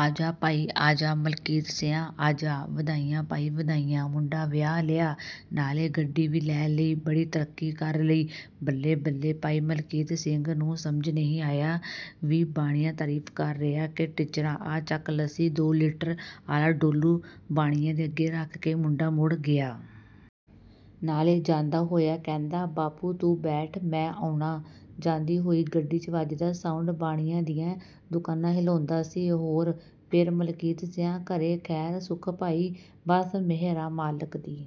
ਆਜਾ ਭਾਈ ਆਜਾ ਮਲਕੀਤ ਸੀਆਂ ਆਜਾ! ਵਧਾਈਆਂ ਭਾਈ ਵਧਾਈਆਂ, ਮੁੰਡਾ ਵਿਆਹ ਲਿਆ ਨਾਲੇ ਗੱਡੀ ਵੀ ਲੇ ਲਈ, ਬੜੀ ਤਰੱਕੀ ਕਰ ਲਈ ਬੱਲੇ-ਬੱਲੇ। ਭਾਈ ਮਲਕੀਤ ਸਿੰਘ ਨੂੰ ਸਮਝ ਨੀ ਆਇਆ ਵੀ ਬਾਣੀਆਂ ਤਰੀਫ ਕਰ ਰਿਹਾ ਕੇ ਟਿੱਚਰਾਂ "ਆ ਚੱਕ ਲੱਸੀ" ਦੋ ਲੀਟਰ ਆਲਾ ਡੋਲੂ ਬਾਣੀਏ ਦੇ ਅੱਗੇ ਰੱਖ ਕੇ ਮੁੰਡਾ ਮੁੜ ਗਿਆ। ਨਾਲੇ ਜਾਂਦਾ ਹੋਇਆ ਕਹਿੰਦਾ "ਬਾਪੂ ਤੂੰ ਬੈਠ, ਮੈਂ ਅਉਣਾ।" ਜਾਂਦੀ ਹੋਈ ਗੱਡੀ 'ਚ ਵੱਜਦਾ ਸਾਉੰਡ ਬਾਣੀਆਂ ਦੀਆ ਦੁਕਾਨਾਂ ਹਿਲਾਉਂਦਾ ਸੀ। "ਹੋਰ ਫੇਰ ਮਲਕੀਤ ਸੀਆਂ ਘਰੇ ਖੈਰ ਸੁਖ ਭਾਈ?" ਬਸ ਮੇਹਰ ਆ ਮਾਲਕ ਦੀ।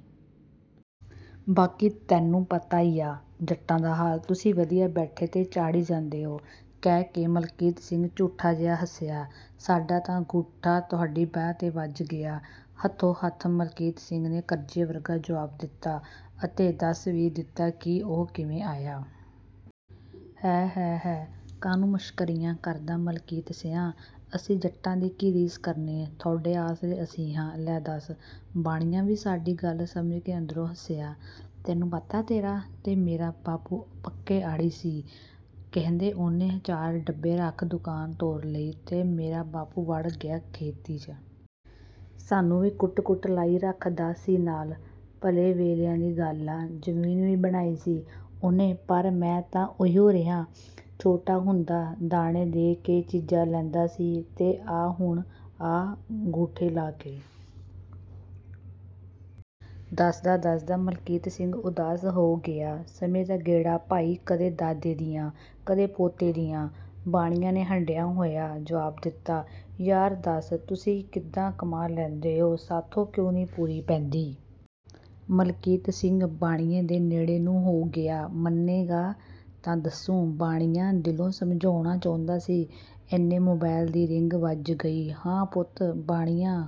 ਬਾਕੀ ਤੇਨੂੰ ਪਤਾ ਹੀ ਆ ਜੱਟਾਂ ਦਾ ਹਾਲ, ਤੁਸੀਂ ਵਧੀਆ ਬੈਠੇ ਤੇ ਚਾਹੜੀ ਜਾਨੇ ਓ" ਕਹਿ ਕੇ ਮਲਕੀਤ ਸਿੰਘ ਝੂਠਾ ਜਿਹਾ ਹੱਸਿਆ। "ਸਾਡਾ ਤਾਂ ਗੂਠਾ ਤੁਹਾਡੀ ਬਹਿ ਤੇ ਗਿੱਜ ਗਿਆ।" ਹੱਥੋਂ ਹੱਥ ਮਲਕੀਤ ਸਿੰਘ ਨੇ ਕਰਜ਼ੇ ਵਰਗਾ ਜਵਾਬ ਦਿੱਤਾ ਅਤੇ ਦੱਸ ਵੀ ਦਿੱਤਾ ਕਿ ਉਹ ਕਿੰਵੇ ਆਇਆ?" ਹੈ, ਹੈ, ਹੈ ਕਾਹਨੂੰ ਮਸ਼ਕਰੀਆਂ ਕਰਦਾ ਮਲਕੀਤ ਸੀਆਂ? ਅਸੀਂ ਜੱਟਾਂ ਦੀ ਕੀ ਰੀਸ ਕਰਣੀ, ਥੋਡੇ ਆਸਰੇ ਅਸੀਂ ਹਾਂ, ਲੈ ਦੱਸ " ਬਾਣੀਆਂ ਵੀ ਸਾਡੀ ਗੱਲ ਸਮਝ ਕੇ ਅੰਦਰੋਂ ਹੱਸਿਆ।" ਤੇਨੂੰ ਪਤਾ ਤੇਰਾ ਤੇ ਮੇਰਾ ਬਾਪੂ ਪੱਕੇ ਆੜੀ ਸੀ, ਕਹਿੰਦੇ ਓਹਨੇ ਚਾਰ ਡੱਬੇ ਰੱਖ ਦੁਕਾਨ ਤੋਰ ਲੀ ਤੇ ਮੇਰਾ ਬਾਪੂ ਵੜ ਗਿਆ ਖੇਤੀ 'ਚ। ਸਾਨੂੰ ਵੀ ਕੁੱਟ-ਕੁੱਟ ਲਾਈ ਰੱਖ ਦਾ ਸੀ ਨਾਲ। ਭਲੇ ਵੇਲਿਆਂ ਦੀ ਗੱਲ ਆ, ਜਮੀਨ ਵੀ ਬਣਾਈ ਸੀ ਓਹਨੇ ਪਰ ਮੈਂ ਤਾਂ ਓਹੀਓ ਰਿਹਾ। ਛੋਟਾ ਹੁੰਦਾ ਦਾਣੇ ਦੇ ਕੇ ਚੀਜ਼ਾਂ ਲੈਂਦਾ ਸੀ ਤੇ ਆ ਹੁਣ ਆਹ ਗੂਠੇ ਲਾ ਕੇ।" ਦੱਸਦਾ-ਦੱਸਦਾ ਮਲਕੀਤ ਸਿੰਘ ਉਦਾਸ ਹੋ ਗਿਆ। "ਸਮੇ ਦਾ ਗੇੜਾ ਭਾਈ, ਕਦੇ ਦਾਦੇ ਦੀਆਂ, ਕਦੇ ਪੋਤੇ ਦੀਆਂ।" ਬਾਣੀਏ ਨੇਂ ਹੰਢਿਆ ਹੋਇਆ ਜਵਾਬ ਦਿੱਤਾ। "ਯਾਰ ਦਸ ਤੁਸੀਂ ਕਿਦਾਂ ਕਮਾ ਲੈਨੇ ਓ, ਸਾਥੋਂ ਕਿਉਂ ਨੀ ਪੂਰੀ ਪੈਂਦੀ? ਮਲਕੀਤ ਸਿੰਘ ਬਾਣੀਏ ਦੇ ਨੇੜੇ ਨੂੰ ਹੋ ਗਿਆ। "ਮੰਨੇਗਾ ਤਾਂ ਦੱਸੂ।" ਬਾਣੀਆਂ ਦਿਲੋਂ ਸਮਝਾਉਣਾ ਚਾਉਂਦਾ ਸੀ ਏਨੇ ਮੋਬਾਇਲ ਦੀ ਰਿੰਗ ਵੱਜ ਗਈ। "ਹਾਂ ਪੁੱਤ" ਬਾਣੀਆਂ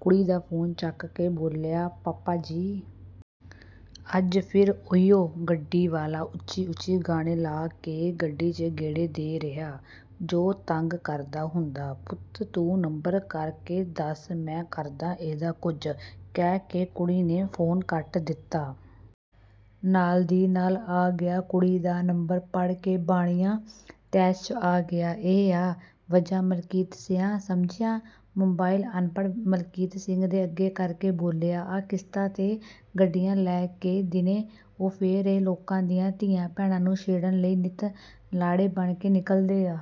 ਕੁੜੀ ਦਾ ਫੋਨ ਚੱਕ ਕੇ ਬੋਲਿਆ। " ਪਾਪਾ ਜੀ! ਅੱਜ ਫਿਰ ਓਹੀਓ ਗੱਡੀ ਵਾਲਾ ਉੱਚੀ-ਉੱਚੀ ਗਾਣੇ ਲਾ ਕੇ ਗਲੀ ਚ ਗੇੜੇ ਦੇ ਰਿਹਾ, ਜੋ ਤੰਗ ਕਰਦਾ ਹੁੰਦਾ।" ਪੁੱਤ ਤੂੰ ਨੰਬਰ ਕਰ ਕੇ ਦੱਸ ਮੈਂ ਕਰਦਾ ਇਹਦਾ ਕੁਜ।" ਕਹਿ ਕੇ ਕੁੜੀ ਨੇ ਫੋਨ ਕੱਟ ਦਿੱਤਾ। ਨਾਲ ਦੀ ਨਾਲ ਆ ਗਿਆ ਕੁੜੀ ਦਾ, ਨੰਬਰ ਪੜ ਕੇ ਬਾਣੀਆਂ ਤੈਸ਼ 'ਚ ਆ ਗਿਆ। "ਇਹ ਆ ਵਜ੍ਹਾ ਮਲਕੀਤ ਸੀਆਂ, ਸਮਝਿਆ?" ਮੋਬਾਇਲ ਅਨਪੜ੍ਹ ਮਲਕੀਤ ਸਿੰਘ ਦੇ ਅੱਗੇ ਕਰਕੇ ਬੋਲਿਆ, " ਆ ਕਿਸ਼ਤਾਂ ਤੇ ਗੱਡੀਆਂ ਲੈ ਕੇ ਦਿੰਨੇ ਓ ਫੇਰ ਏ ਲੋਕਾਂ ਦੀਆਂ ਧੀਆਂ ਭੈਣਾਂ ਨੂੰ ਛੇੜਣ ਲਈ ਨਿਤ ਲਾੜੇ ਬਣ ਕੇ ਨਿਕਲ ਦੇ ਆ।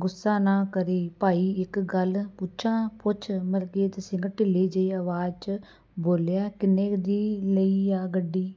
ਗੁੱਸਾ ਨਾ ਕਰੀ ਭਾਈ ਇੱਕ ਗੱਲ ਪੁੱਛਾਂ? "ਪੁੱਛ" ਮਲਕੀਤ ਸਿੰਘ ਢਿੱਲੀ ਜਿਹੀ ਆਵਾਜ਼ 'ਚ ਬੋਲਿਆ।" ਕਿੰਨੇ ਦੀ ਲੀ ਆ ਗੱਡੀ?